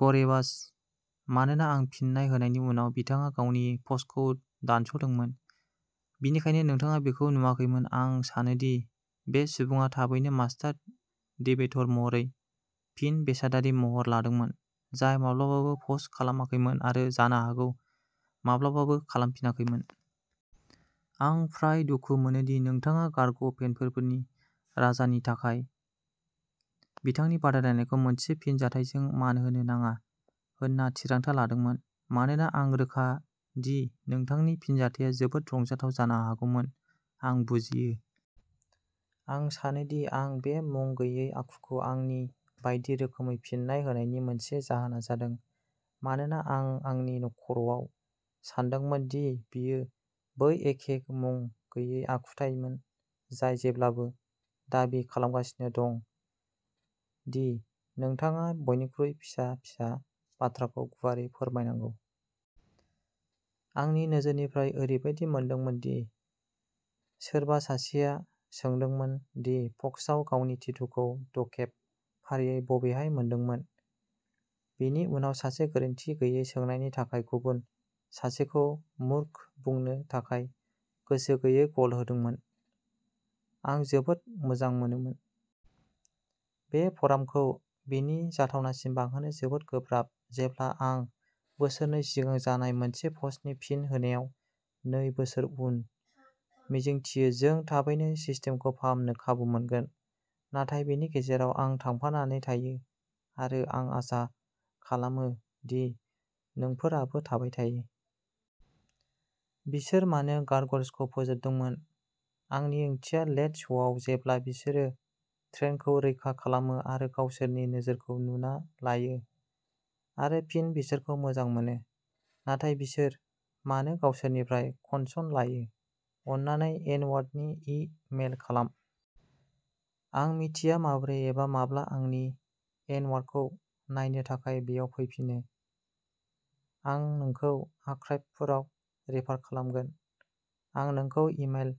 गोरेबाश, मानोना आं फिननाय होनायनि उनाव बिथाङा गावनि पस्टखौ दानस'दोंमोन। बेनिखायनो नोंथाङा बेखौ नुवाखैमोन। आं सानो दि बे सुबुङा थाबैनो मास्टार डिबेट'र महरै फिन बेसादारि महर लादोंमोन, जाय माब्लाबाबो पस्ट खालामाखैमोन आरो जानो हागौ माब्लाबाबो खालामफिनाखैमोन। आं फ्राय दुखु मोनो दि नोंथाङा गार्ग फेनफोरनि राजा नि थाखाय बिथांनि बादायलायनायखौ मोनसे फिनजाथायजों मान होनो नाङा होनना थिरांथा लादोंमोन, मानोना आं रोखा दि नोंथांनि फिनजाथाया जोबोद रंजाथाव जानो हागौमोन। आं बुजियो। आं सानो दि आं बे मुं गैयै आखुखौ आंनि बायदि रोखोमै फिननाय होनायनि मोनसे जाहोना जादों मानोना आं आंनि खर'आव सानदोंमोन दि बेयो बै एखे मुं गैयै आखुथाइमोन जाय जेब्लाबो दाबि खालामगासिनो दं दि नोंथाङा बयनिख्रुइ फिसा फिसा बाथ्राखौ गुवारै फोरमायनांगौ। आंनि नोजोरनिफ्राय, ओरैबायदि मोनदोंमोन दि सोरबा सासेया सोंदोंमोन दि फक्सआ गावनि टेटुखौ द'खेब फारियै बबेहाय मोनदोंमोन, बेनि उनाव सासे गोरोनथि गैयै सोंनायनि थाखाय गुबुन सासेखौ मूर्ख बुंनो थाखाय गोसो गैयै गल होदोंमोन। आं जोबोद मोजां मोनोमोन। बे फ'रामखौ बेनि जाथावनासिम बांहोनो जोबोद गोब्राब, जेब्ला आं बोसोरनै सिगां जानाय मोनसे पस्टनि फिन होनायाव नै बोसोर उन। मिजिंथियो, जों थाबैनो सिस्टेमखौ फाहामनो खाबु मोनगोन। नाथाय बेनि गेजेराव, आं थांफानानै थायो आरो आं आसा खालामो दि नोंफोराबो थाबाय थायो। बिसोर मानो गारग'यल्सखौ फोजोबदोंमोन? आंनि ओंथिया, लेट श'आव, जेब्ला बिसोरो ट्रेनखौ रैखा खालामो आरो गावसोरनि नोजोरखौ नुना लायो आरो फिन बिसोरखौ मोजां मोनो। नाथाय बिसोर मानो गावसोरनिनिफ्राय कनसन लायो? अन्नानै एनवारनि इ मेइल खालाम। आं मिथिया माबोरै एबा माब्ला आंनि एनवारखौ नायनो थाखाय बेयाव फैफिनो। आं नोंखौ आर्काइभफोराव रेफार खालामगोन। आं नोंखौ इ मेइल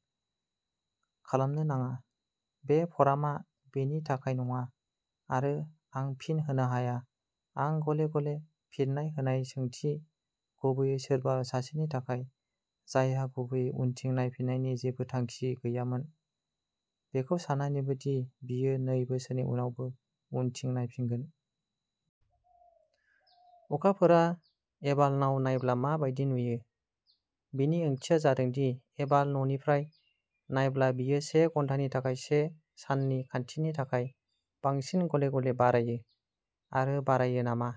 खालामनो नाङा। बे फ'रामआ बेनि थाखाय नङा आरो आं फिन होनो हाया। आं गले-गले फिननाय होनाय सोंथि, गुबैयै सोरबा सासेनि थाखाय जायहा गुबैयै उनथिं नायफिन्नायनि जेबो थांखि गैयामोन, बेखौ सान्नानैबो दि बियो नै बोसोरनि उनावबो उनथिं नायफिगोन। अखाफोरआ एभाल'नाव नायब्ला मा बायदि नुयो? बिनि ओंथिया जादों दि एभाल'ननिफ्राय नायब्ला बेयो से घन्टानि थाखाय से साननि खान्थिनि थाखाय बांसिन गले-गले बारायो आरो बारायो नामा?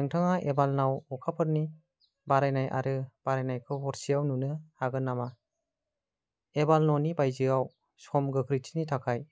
नोंथाङा एभाल'नाव अखाफोरनि बारायनाय आरो बारायनायखौ हरसेआव नुनो हागोन नामा, एभाल'ननि बायजोआव सम गोख्रैथिनि थाखाय?